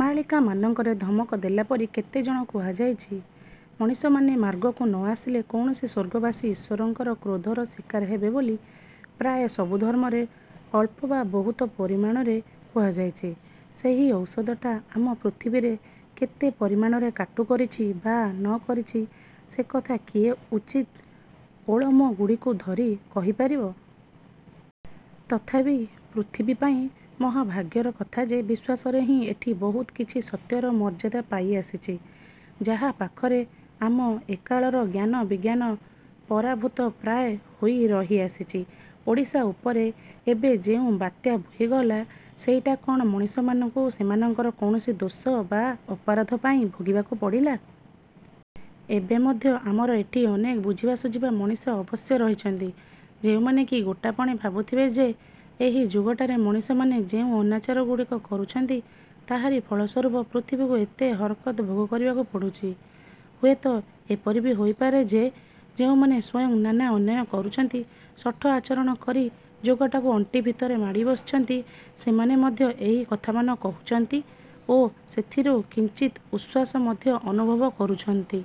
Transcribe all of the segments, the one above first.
ମାଳିକାମାନଙ୍କରେ ଧମକ ଦେଲାପରି କେତେ କଣ କୁହାଯାଇଛି। ମଣିଷମାନେ ମାର୍ଗକୁ ନ ଆସିଲେ କୌଣସି ସ୍ୱର୍ଗବାସୀ ଈଶ୍ୱରଙ୍କର କ୍ରୋଧର ଶିକାର ହେବେ ବୋଲି ପ୍ରାୟ ସବୁ ଧର୍ମରେ ଅଳ୍ପ ବା ବହୁତ ପରିମାଣରେ କୁହାଯାଇଛି। ସେହି ଔଷଧଟା ଆମ ପୃଥିବୀରେ କେତେ ପରିମାଣରେ କାଟୁ କରିଛି ବା ନ କରିଛି ସେକଥା କିଏ ଉଚିତ ଓଳମ ଗୁଡ଼ିକୁ ଧରି କହିପାରିବ? ତଥାପି ପୃଥିବୀ ପାଇଁ ମହାଭାଗ୍ୟର କଥା ଯେ ବିଶ୍ୱାସରେ ହିଁ ଏଠି ବହୁତ କିଛି ସତ୍ୟର ମର୍ଯ୍ୟାଦା ପାଇ ଆସିଛି। ଯାହା ପାଖରେ ଆମ ଏକାଳର ଜ୍ଞାନବିଜ୍ଞାନ ପରାଭୂତ ପ୍ରାୟ ହୋଇ ରହି ଆସିଛି। ଓଡ଼ିଶା ଉପରେ ଏବେ ଯେଉଁ ବାତ୍ୟା ବୋହିଗଲା, ସେଇଟା କଣ ମଣିଷମାନଙ୍କୁ ସେମାନଙ୍କର କୌଣସି ଦୋଷ ବା ଅପରାଧ ପାଇଁ ଭୋଗିବାକୁ ପଡ଼ିଲା? ଏବେ ମଧ୍ୟ ଆମର ଏଠି ଅନେକ ବୁଝିବା ଶୁଝିବା ମଣିଷ ଅବଶ୍ୟ ରହିଛନ୍ତି। ଯେଉଁମାନେ କି ଗୋଟାପଣେ ଭାବୁଥିବେ ଯେ, ଏହି ଯୁଗଟାରେ ମଣିଷମାନେ ଯେଉଁ ଅନାଚାରଗୁଡ଼ାକ କରୁଛନ୍ତି। ତାହାରି ଫଳସ୍ୱରୂପ ପୃଥିବୀକୁ ଏତେ ହରକତ ଭୋଗ କରିବାକୁ ପଡୁଛି। ହୁଏତ ଏପରି ବି ହୋଇପାରେ ଯେ, ଯେଉଁମାନେ ସ୍ୱୟଂ ନାନା ଅନ୍ୟାୟ କରୁଛନ୍ତି, ଶଠ ଆଚରଣ କରି ଯୁଗଟାକୁ ଅଣ୍ଟି ଭିତରେ ମାଡ଼ି ବସିଛନ୍ତି, ସେମାନେ ମଧ୍ୟ ଏହି କଥାମାନ କହୁଛନ୍ତି ଓ ସେଥିରୁ କିଞ୍ଚିତ ଉଶ୍ୱାସ ମଧ୍ୟ ଅନୁଭବ କରୁଛନ୍ତି।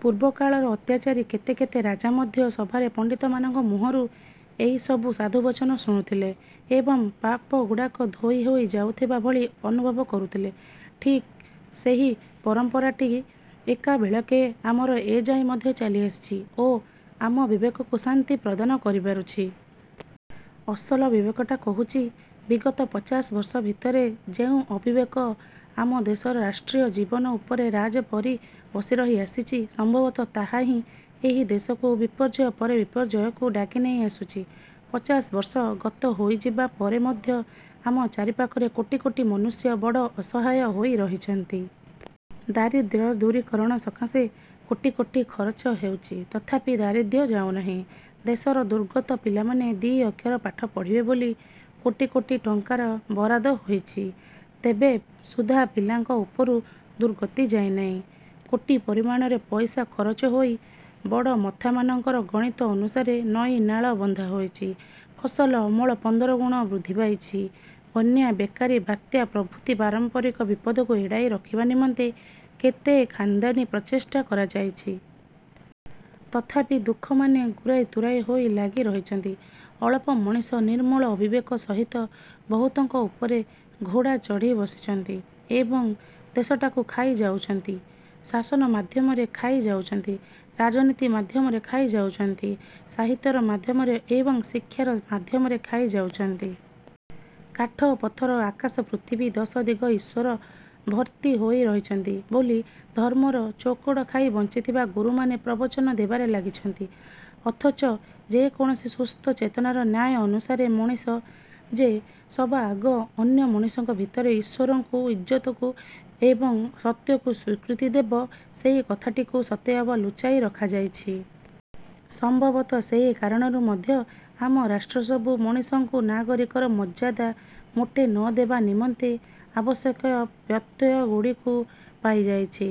ପୂର୍ବକାଳର ଅତ୍ୟାଚାରୀ କେତେ କେତେ ରାଜା ମଧ୍ୟ ସଭାରେ ପଣ୍ଡିତମାନଙ୍କ ମୁହଁରୁ ଏହିସବୁ ସାଧୁବଚନ ଶୁଣୁଥିଲେ ଏବଂ ପାପଗୁଡ଼ାକ ଧୋଇ ହୋଇ ଯାଉଥିବା ଭଳି ଅନୁଭବ କରୁଥିଲେ। ଠିକ୍ ସେହି ପରମ୍ପରାଟି ଏକାବେଳେକେ ଆମର ଏଯାଏ ମଧ୍ୟ ଚାଲିଆସିଛି ଓ ଆମ ବିବେକକୁ ଶାନ୍ତି ପ୍ରଦାନ କରିପାରୁଛି। ଅସଲ ବିବେକଟା କହୁଛି-ବିଗତ ପଚାଶ ବର୍ଷ ଭିତରେ ଯେଉଁ ଅବିବେକ ଆମ ଦେଶର ରାଷ୍ଟ୍ରୀୟ ଜୀବନ ଉପରେ ରାଜା ପରି ବସିରହି ଆସିଛି। ସମ୍ଭବତଃ ତାହା ହିଁ ଏହି ଦେଶକୁ ବିପର୍ଯ୍ୟୟ ପରେ ବିପର୍ଯ୍ୟୟକୁ ଡାକିନେଇ ଆସୁଛି। ପଚାଶ ବର୍ଷ ଗତ ହୋଇଯିବା ପରେ ମଧ୍ୟ ଆମ ଚାରିପାଖରେ କୋଟି କୋଟି ମନୁଷ୍ୟ ବଡ଼ ଅସହାୟ ହୋଇ ରହିଛନ୍ତି। ଦାରିଦ୍ର୍ୟର ଦୂରୀକରଣ ସକାଶେ କୋଟି କୋଟି ଖରଚ ହେଉଛି। ତଥାପି ଦାରିଦ୍ର୍ୟ ଯାଉନାହିଁ। ଦେଶର ଦୁର୍ଗତ ପିଲାମାନେ ଦି ଅକ୍ଷର ପାଠ ପଢ଼ିବେ ବୋଲି କୋଟି କୋଟି ଟଙ୍କାର ବରାଦ ହୋଇଛି ତେବେ ସୁଦ୍ଧା ପିଲାଙ୍କ ଉପରୁ ଦୁର୍ଗତି ଯାଇନାହିଁ। କୋଟି ପରିମାଣରେ ପଇସା ଖରଚ ହୋଇ ବଡ଼ମଥାମାନଙ୍କର ଗଣିତ ଅନୁସାରେ ନଈ ନାଳ ବନ୍ଧା ହୋଇଛି। ଫସଲ ଅମଳ ପନ୍ଦରଗୁଣ ବୃଦ୍ଧି ପାଇଛି, ବନ୍ୟା, ବେକାରୀ, ବାତ୍ୟା ପ୍ରଭୃତି ପାରମ୍ପରିକ ବିପଦକୁ ଏଡ଼ାଇ ରଖିବା ନିମନ୍ତେ କେତେ ଖାନଦାନୀ ପ୍ରଚେଷ୍ଟା କରାଯାଇଛି। ତଥାପି ଦୁଃଖମାନେ ଗୁରାଇ ତୁରାଇ ହୋଇ ଲାଗି ରହିଛନ୍ତି। ଅଳପ ମଣିଷ ନିର୍ମଳ ଅବିବେକ ସହିତ ବହୁତଙ୍କ ଉପରେ ଘୋଡ଼ା ଚଢ଼ି ବସିଛନ୍ତି ଏବଂ ଦେଶଟାକୁ ଖାଇଯାଉଛନ୍ତି। ଶାସନ ମାଧ୍ୟମରେ ଖାଇ ଯାଉଛନ୍ତି, ରାଜନୀତି ମାଧ୍ୟମରେ ଖାଇ ଯାଉଛନ୍ତି, ସାହିତ୍ୟର ମାଧ୍ୟମରେ ଏବଂ ଶିକ୍ଷାର ମାଧ୍ୟମରେ ଖାଇ ଯାଉଛନ୍ତି। କାଠ, ପଥର, ଆକାଶ, ପୃଥିବୀ ଦଶଦିଗ ଈଶ୍ୱର ଭର୍ତ୍ତି ହୋଇ ରହିଛନ୍ତି ବୋଲି ଧର୍ମର ଚୋକଡ଼ ଖାଇ ବଞ୍ଚିଥିବା ଗୁରୁମାନେ ପ୍ରବଚନ ଦେବାରେ ଲାଗିଛନ୍ତି ଅଥଚ ଯେକୌଣସି ସୁସ୍ଥ ଚେତନାର ନ୍ୟାୟ ଅନୁସାରେ ମଣିଷ ଯେ ସବାଆଗ ଅନ୍ୟ ମଣିଷଙ୍କ ଭିତରେ ଈଶ୍ୱରଙ୍କୁ, ଇଜ୍ଜତକୁ ଏବଂ ସତ୍ୟକୁ ସ୍ୱୀକୃତି ଦେବ, ସେହି କଥାଟିକୁ ସତେ ଅବା ଲୁଚାଇ ରଖାଯାଇଛି। ସମ୍ଭବତଃ ସେହି କାରଣରୁ ମଧ୍ୟ ଆମ ରାଷ୍ଟ୍ର ସବୁ ମଣିଷଙ୍କୁ ନାଗରିକର ମର୍ଯ୍ୟାଦା ମୋଟେ ନ ଦେବା ନିମନ୍ତେ ଆବଶ୍ୟକ ପ୍ରତ୍ୟୟଗୁଡ଼ିକୁ ପାଇଯାଇଛି।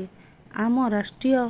ଆମ ରାଷ୍ଟ୍ରୀୟ-